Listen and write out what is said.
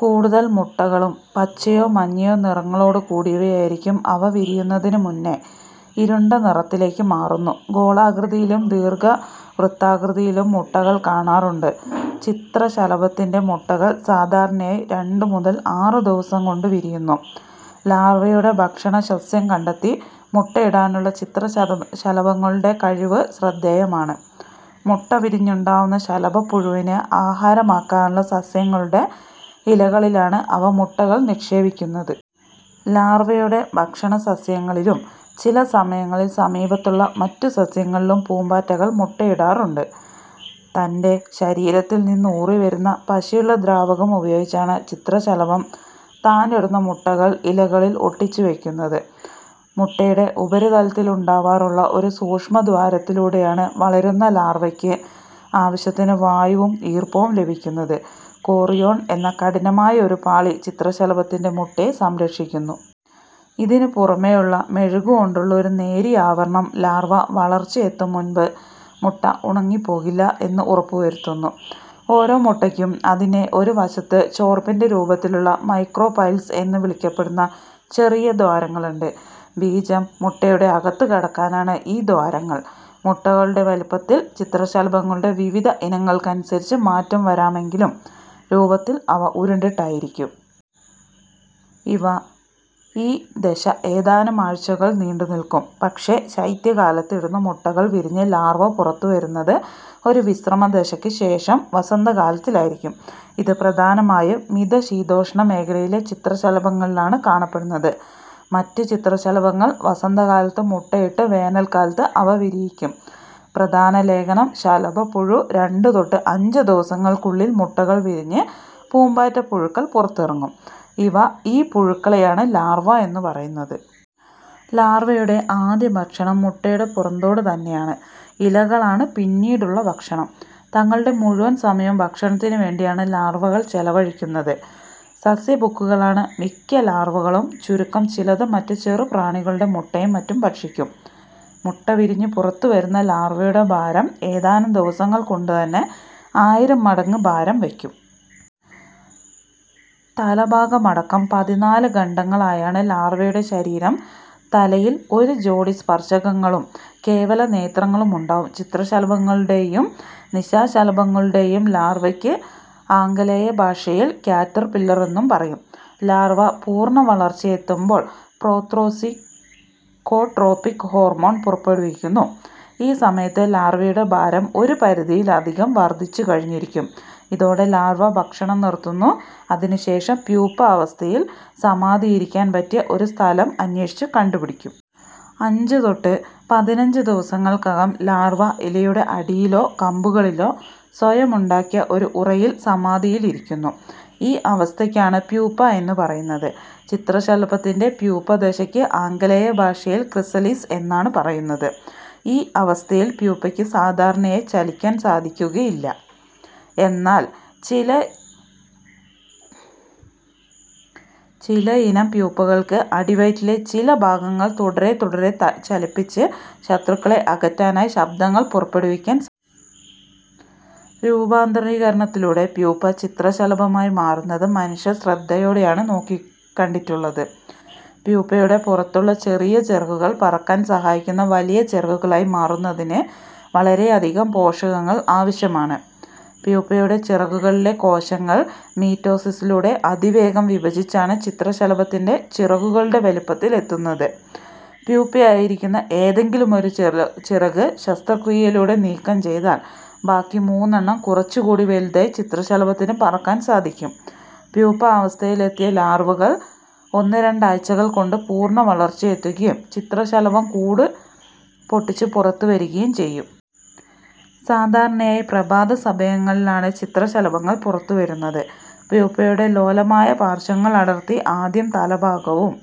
കൂടുതൽ മുട്ടകളും പച്ചയോ മഞ്ഞയോ നിറങ്ങളോടു കൂടിയവയായിരിക്കും. അവ വിരിയുന്നതിനു മുന്നെ ഇരുണ്ട നിറത്തിലേക്ക് മാറുന്നു. ഗോളാകൃതിയിലും ദീർഘവുത്താകൃതിയിലും മുട്ടകൾ കാണാറുണ്ട്. ചിത്രശലഭത്തിന്റെ മുട്ടകൾ സാധാരണയായി രണ്ടു മുതൽ ആറു ദിവസം കൊണ്ടു വിരിയുന്നു. ലാർവ്വയുടെ ഭക്ഷണസസ്യം കണ്ടെത്തി മുട്ടയിടാനുള്ള ചിത്രശലഭങ്ങളുടെ കഴിവ് ശ്രദ്ധേയമാണ്. മുട്ട വിരിഞ്ഞുണ്ടാവുന്ന ശലഭപ്പുഴുവിന്ന്ആഹാരമാക്കാനുള്ള സസ്യങ്ങളുടെ ഇലകളിലാണ് അവ മുട്ടകൾ നിക്ഷേപിക്കുന്നത്. ലാർവ്വയുടെ ഭക്ഷണസസ്യങ്ങളിലും ചില സമയങ്ങളിൽ സമീപത്തുള്ള മറ്റു സസ്യങ്ങളിലും പൂമ്പാറ്റകൾ മുട്ടയിടാറുണ്ട്. തന്റെ ശരീരത്തിൽ നിന്നൂറിവരുന്ന പശയുള്ള ദ്രാവകമുപയോഗിച്ചാണ് ചിത്രശലഭം താനിടുന്ന മുട്ടകൾ ഇലകളിൽ ഒട്ടിച്ചുവെയ്ക്കുന്നത്. മുട്ടയുടെ ഉപരിതലത്തിലുണ്ടാവാറുള്ള ഒരു സൂക്ഷ്മദ്വാരത്തിലൂടെയാണ് വളരുന്ന ലാർവക്ക് ആവശ്യത്തിന് വായുവും ഈർപ്പവും ലഭിക്കുന്നത്. 'കോറിയോൺ' എന്ന കഠിനമായ ഒരു പാളി ചിത്രശലഭത്തിന്റെ മുട്ടയെ സംരക്ഷിക്കുന്നു. ഇതിനു പുറമേ ഉള്ള മെഴുകുകൊണ്ടുള്ള ഒരു നേരിയ ആവരണം ലാർവ വളർച്ചയെത്തുംമുൻപ് മുട്ട ഉണങ്ങിപ്പോകില്ല എന്ന് ഉറപ്പുരുത്തുന്നു. ഓരോ മുട്ടയ്ക്കും അതിനെ ഒരു വശത്ത് ചോർപ്പിന്റെ രൂപത്തിലുള്ള 'മൈക്രോപൈൽസ്' എന്നു വിളിക്കപ്പെടുന്ന ചെറിയ ദ്വാരങ്ങളുണ്ട്. ബീജം മുട്ടയുടെ അകത്തുകടക്കാനാണ് ഈ ദ്വാരങ്ങൾ. മുട്ടകളുടെ വലിപ്പത്തിൽ ചിത്രശലഭങ്ങളുടെ വിവിധ ഇനങ്ങൾക്കനുസരിച്ച് മാറ്റം വരാമെങ്കിലും രൂപത്തിൽ അവ ഉരുണ്ടിട്ടായിരിക്കും. ഈ ദശ ഏതാനും ആഴ്ചകൾ നീണ്ടുനിൽക്കും. പക്ഷേ, ശൈത്യകാലത്ത് ഇടുന്ന മുട്ടകൾ വിരിഞ്ഞ് ലാർവ പുറത്തുവരുന്നത് ഒരു വിശ്രമ ദശക്ക് ശേഷം വസന്തകാലത്തിൽ ആയിരിക്കും. ഇതു പ്രധാനമായും മിതശീതോഷ്ണമേഖലയിലെ ചിത്രശലഭങ്ങളിലാണ് കാണപ്പെടുന്നത്. മറ്റ് ചിത്രശലഭങ്ങൾ വസന്തകാലത്ത് മുട്ടയിട്ട് വേനൽക്കാലത്ത് അവ വിരിയിക്കും. പ്രധാന ലേഖനം: ശലഭപ്പുഴു രണ്ട് തൊട്ട് അഞ്ച് ദിവസങ്ങൾക്കുള്ളിൽ മുട്ടകൾ വിരിഞ്ഞ് പൂമ്പാറ്റപ്പുഴുക്കൾ പുറത്തിറങ്ങും, ഈ പുഴുക്കളെയാണ് ലാർവ എന്നു പറയുന്നത്. ലാർവയുടെ ആദ്യഭക്ഷണം മുട്ടയുടെ പുറന്തോട് തന്നെയാണ്. ഇലകളാണ് പിന്നീടുള്ള ഭക്ഷണം. തങ്ങളുടെ മുഴുവൻ സമയവും ഭക്ഷണത്തിനു വേണ്ടിയാണ് ലാർവകൾ ചെലവഴിക്കുന്നത്. സസ്യഭുക്കുകളാണ് മിക്ക ലാർവകളും, ചുരുക്കം ചിലത് മറ്റ് ചെറുപ്രാണികളുടെ മുട്ടയും മറ്റും ഭക്ഷിക്കും. മുട്ടവിരിഞ്ഞുപുറത്തു വരുന്ന ലാർവയുടെ ഭാരം ഏതാനും ദിവസങ്ങൾ കൊണ്ടുതന്നെ ആയിരം മടങ്ങ് ഭാരം വയ്ക്കും. തലഭാഗമടക്കം പതിനാലുഖണ്ഡങ്ങളായാണ് ലാർവയുടെ ശരീരം. തലയിൽ ഒരുജോടി സ്പർശകങ്ങളും കേവലനേത്രങ്ങളുമുണ്ടാവും ചിത്രശലഭങ്ങളുടെയും നിശാശലഭങ്ങളുടെയും ലാർവയ്ക്ക് ആംഗലേയഭാഷയിൽ കാറ്റർപില്ലർ എന്നും പറയും. ലാർവ്വ പൂർണ്ണവളർച്ചയിലെത്തുമ്പോൾ പ്രോതൊറാസിക്കോട്രോപ്പിക് ഹോർമോൺ പുറപ്പെടുവിക്കുന്നു. ഈ സമയത്ത് ലാർവ്വയുടെ ഭാരം ഒരു പരിധിയിലധികം വർദ്ധിച്ചുകഴിഞ്ഞിരിക്കും. ഇതോടെ ലാർവ ഭക്ഷണം നിർത്തുന്നു, അതിനുശേഷം പ്യൂപ്പ അവസ്ഥയിൽ സമാധിയിരിക്കാൻ പറ്റിയ ഒരു സ്ഥലം അന്വേഷിച്ചു കണ്ടുപിടിക്കും. അഞ്ച് തൊട്ട് പതിനഞ്ച് ദിവസങ്ങൾക്കകം ലാർവ ഇലയുടെ അടിയിലോ, കമ്പുകളിലോ, സ്വയം ഉണ്ടാക്കിയ ഒരു ഉറയിൽ സമാധിയിലിരിക്കുന്നു, ഈ അവസ്ഥയ്ക്കാണ് പ്യൂപ്പ എന്നു പറയുന്നത്. ചിത്രശലഭത്തിന്റെ പ്യൂപ്പദശക്ക് ആംഗലേയഭാഷയിൽ ക്രിസലിസ് എന്നാണ് പറയുക. ഈ അവസ്ഥയിൽ പ്യൂപ്പക്ക് സാധാരണയായി ചലിക്കാൻ സാധിക്കുകയില്ല. എന്നാൽ ചില ഇനം പ്യൂപ്പകൾക്ക് അടിവയറ്റിലെ ചില ഭാഗങ്ങൾ തുടരെ തുടരെ ചലിപ്പിച്ച് ശത്രുക്കളെ അകറ്റാനായി ശബ്ദങ്ങൾ പുറപ്പെടുവിക്കാൻ സാധിക്കും. രൂപാന്തരീകരണത്തിലൂടെ പ്യൂപ്പ ചിത്രശലഭമായി മാറുന്നത് മനുഷ്യർ ശ്രദ്ധയോടെയാണ് നോക്കിക്കണ്ടിട്ടുള്ളത്. പ്യൂപ്പയുടെ പുറത്തുള്ള ചെറിയ ചിറകുകൾ പറക്കാൻ സഹായിക്കുന്ന വലിയ ചിറകുകളായി മാറുന്നതിന് വളരെയധികം പോഷകങ്ങൾ ആവശ്യമാണ്. പ്യൂപ്പയുടെ ചിറകുകളിലെ കോശങ്ങൾ മീറ്റോസിസിലൂടെ അതിവേഗം വിഭജിച്ച് ആണ് ചിത്രശലഭത്തിന്റെ ചിറകുകളുടെ വലിപ്പത്തിൽ എത്തുന്നത്. പ്യൂപ്പയായിരിക്കുന്ന ഏതെങ്കിലും ഒരു ചിറക് ശസ്ത്രക്രിയയിലൂടെ നീക്കം ചെയ്താൽ ബാക്കി മൂന്നെണ്ണം കുറച്ചുകൂടി വലുതായി ചിത്രശലഭത്തിന് പറക്കാൻ സാധിക്കും പ്യൂപ്പ അവസ്ഥയിലെത്തിയ ലാർവകൾ ഒന്നു രണ്ടാഴ്ചകൾ കൊണ്ട് പൂർണ്ണവളർച്ചയെത്തുകയും ചിത്രശലഭം കൂടു പൊട്ടിച്ചു പുറത്തുവരികയും ചെയ്യും. സാധാരണയായി പ്രഭാതസമയങ്ങളിലാണ് ചിത്രശലഭങ്ങൾ പുറത്തുവരുന്നത്. പ്യൂപ്പയുടെ ലോലമായ പാർശ്വങ്ങൾ അടർത്തി ആദ്യം തലഭാഗവും,